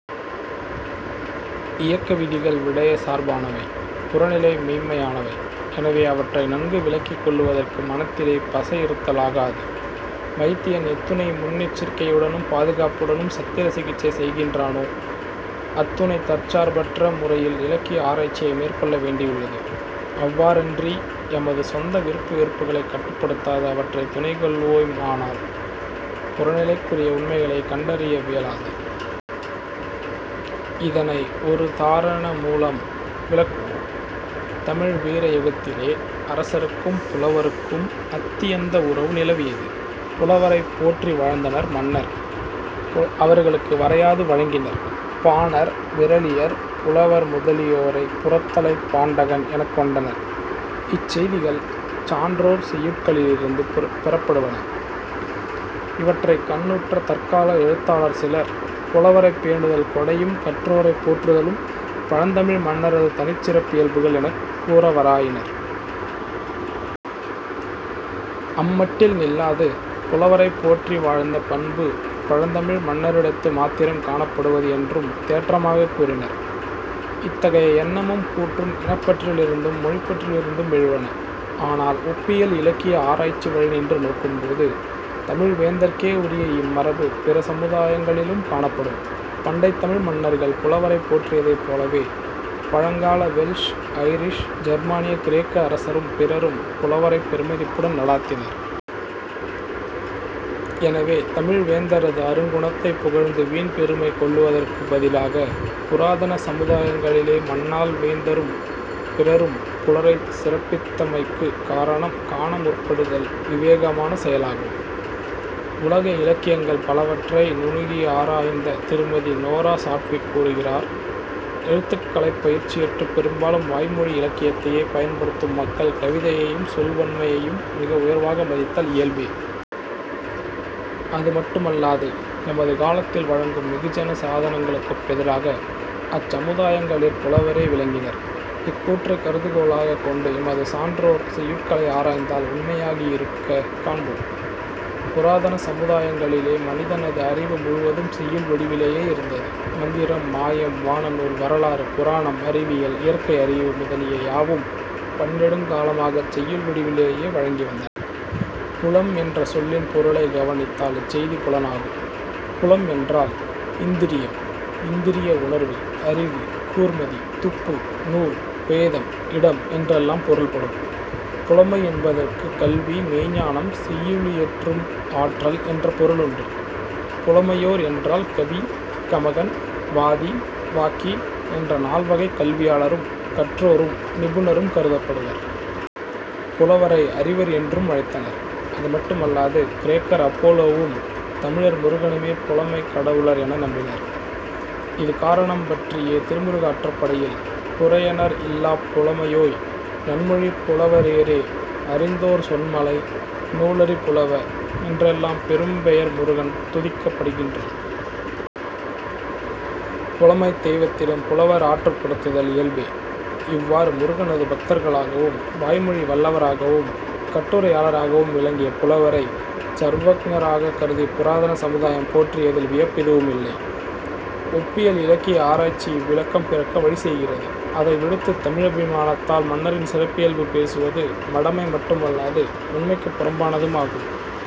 இயக்கவிதிகள் விடயச் சார்பானவை; புறநிலை மெய்ம்மையானவை. எனவே அவற்றை நன்கு விளக்கிக் கொள்ளுவதற்கு மனத்திலே பசையிருத்தலாகாது. வைத்தியன் எத்துணை முன்னெச்சரிக்கையுடனும், பாதுகாப்புடனும் சத்திர சிகிச்சை செய்கின்றானோ அத்துணை தற்சார்பற்ற முறையில் இலக்கிய ஆராய்ச்சியை மேற்கொள்ள வேண்டியுள்ளது. அவ்வாறன்றி எமது சொந்த விருப்பு வெறுப்புகளைக் கட்டுப்படுத்தாது அவற்றைத் துணைக் கொள்வோமானால் புறநிலைக்குரிய உண்மைகளைக் கண்டறிய வியலாது. இதனை ஒருதாரண மூலம் விளக்குவோம். தமிழ் வீர யுகத்திலே அரசருக்கும் புலவருக்கும் அத்தியந்த உறவு நிலவியது. புலவரைப் போற்றி வாழ்ந்தனர் மன்னர். அவர்களுக்கு வரையாது வழங்கினர். பாணர், விறலியர், புலவர் முதலியோரைப் புரத்தலைப் பாண்டகன் எனக் கொண்டனர். இச் செய்திகள் சான்றோர் செய்யுட்களிலிருந்து பெறப்படுவன. இவற்றைக் கண்ணுற்ற தற்கால எழுத்தாளர் சிலர் புலவரைப் பேணுதலும் கொடையும் கற்றோரைப் போற்றுதலும் பழந்தமிழ் மன்னரது தனிச் சிறப்பியல்புகள் எனக் கூறவராயினர். அம்மட்டில் நில்லாது புலவரைப்போற்றி வாழ்ந்த பண்பு பழந்தமிழ் மன்னரிடத்து மாத்திரம் காணப்படுவது என்றும் தேற்றமாகக் கூறினர். இத்தகைய எண்ணமும் கூற்றும் இனப்பற்றிலிருந்தும் மொழிப்பற்றிலிருந்தும் எழுவன. ஆனால் ஒப்பியல் இலக்கிய ஆராய்ச்சி வழி நின்று நோக்கும்போது தமிழ் வேந்தர்க்கே உரிய இம்மரபு பிற சமுதாயங்களிலும் காணப்படும். பண்டைத் தமிழ் மன்னர்கள் புலவரைப் போற்றியதைப் போலவே பழங்கால வெல்ஷ், ஐரிஷ், ஜெர்மானிய, கிரேக்க அரசரும் பிறரும் புலவரைப் பெருமதிப்புடன் நடாத்தினர். எனவே தமிழ் வேந்தரது அருங்குணத்தைப் புகழ்ந்து வீண் பெருமை கொள்ளுவதற்கப் பதிலாகப் புராதன சமுதாயங்களிலே மண்ணாள் வேந்தரும் பிறரும் புலவரைச் சிறப்பித்தமைக்குக் காரணம் காண முற்படுதல் விவேகமான செயலாகும். உலக இலக்கியங்கள் பலவற்றை நுணுகியாராய்ந்த திருமதி. நோரா சாட்விக் கூறுகிறார்: எழுத்துக்கலைப் பயிற்சியற்றுப் பெரும்பாலும் வாய் மொழி இலக்கியத்தையே பயன்படுத்தும் மக்கள் கவிதையையும் சொல் வன்மையையும் மிக உயர்வாக மதித்தல் இயல்பே. அது மட்டுமல்லாது எமது காலத்தில் வழங்கும் வெகுஜன சாதனங்களுக்குப் பதிலாக அச்சமுதாயங்களிற் புலவரே விளங்கினர். இக்கூற்றைக் கருதுகோளாகக் கொண்டு எமது சான்றோர் செய்யுட்களை ஆராய்ந்தால் உண்மையாயிருக்கக் காண்போம். புராதன சமுதாயங்களிலே மனிதனது அறிவு முழுவதும் செய்யுள் வடிவிலேயே இருந்தது. மந்திரம், மாயம், வானநூல், வரலாறு, புராணம், அறிவியல், இயற்கையறிவு முதலிய யாவும் பன்னெடுங்காலமாகச் செய்யுள் வடிவிலேயே வழங்கி வந்தன. புலம் என்ற சொல்லின் பொருளைக் கவனித்தால் இச்செய்தி புலனாகும். புலம் என்றால் இந்திரியம், இந்திரிய உணர்வு, அறிவு, கூர்மதி, துப்பு, நூல், வேதம், இடம் என்றெல்லாம் பொருள்படும். புலமை என்பதற்குக் கல்வி, மெய்ஞ்ஞானம் செய்யுளியற்றும் ஆற்றல் என்ற பொருளுண்டு. புலமையோர் என்றால் கவி, கமகன், வாதி, வாக்கி என்ற நால்வகைக் கல்வியாளரும், கற்றோரும், நிபுணரும் கருதப்படுவர். புலவரை அறிவர் என்றும் அழைத்தனர். அது மட்டுமல்லாது கிரேக்கர் அபோலோவும், தமிழர் முருகனுமே புலமைக் கடவுளர் என நம்பினர். இது காரணம் பற்றியே திருமுருகாற்றுப்படையில், "புரையநர் இல்லாப் புலமையோய்", "நன்மொழிப் புலவரேறே", "அறிந்தோர் சொன் மலை", "நூலறி புலவ" என்றெல்லாம் பெரும் பெயர் முருகன் துதிக்கப்படுகின்றான். புலமைத் தெய்வத்திடம் புலவர் ஆற்றுப் படுத்தப்படுதல் இயல்பே. இவ்வாறு முருகனது பக்தர்களாகவும் வாய்மொழி வல்லவராகவும் கட்டுரையாளராகவும் விளங்கிய புலவரைச் சர்வக்ஞராகக் கருதிப் புராதன சமுதாயம் போற்றியதில் வியப்பெதுவுமில்லை. ஒப்பியல் இலக்கிய ஆராய்ச்சி இவ்விளக்கம் பிறக்க வழி செய்கிறது. அதை விடுத்துத் தமிழபிமானத்தால் மன்னரின் சிறப்பியல்பு பேசுவது மடமை மட்டு மல்லாது உண்மைக்குப் புறம்பானதுமாகும்.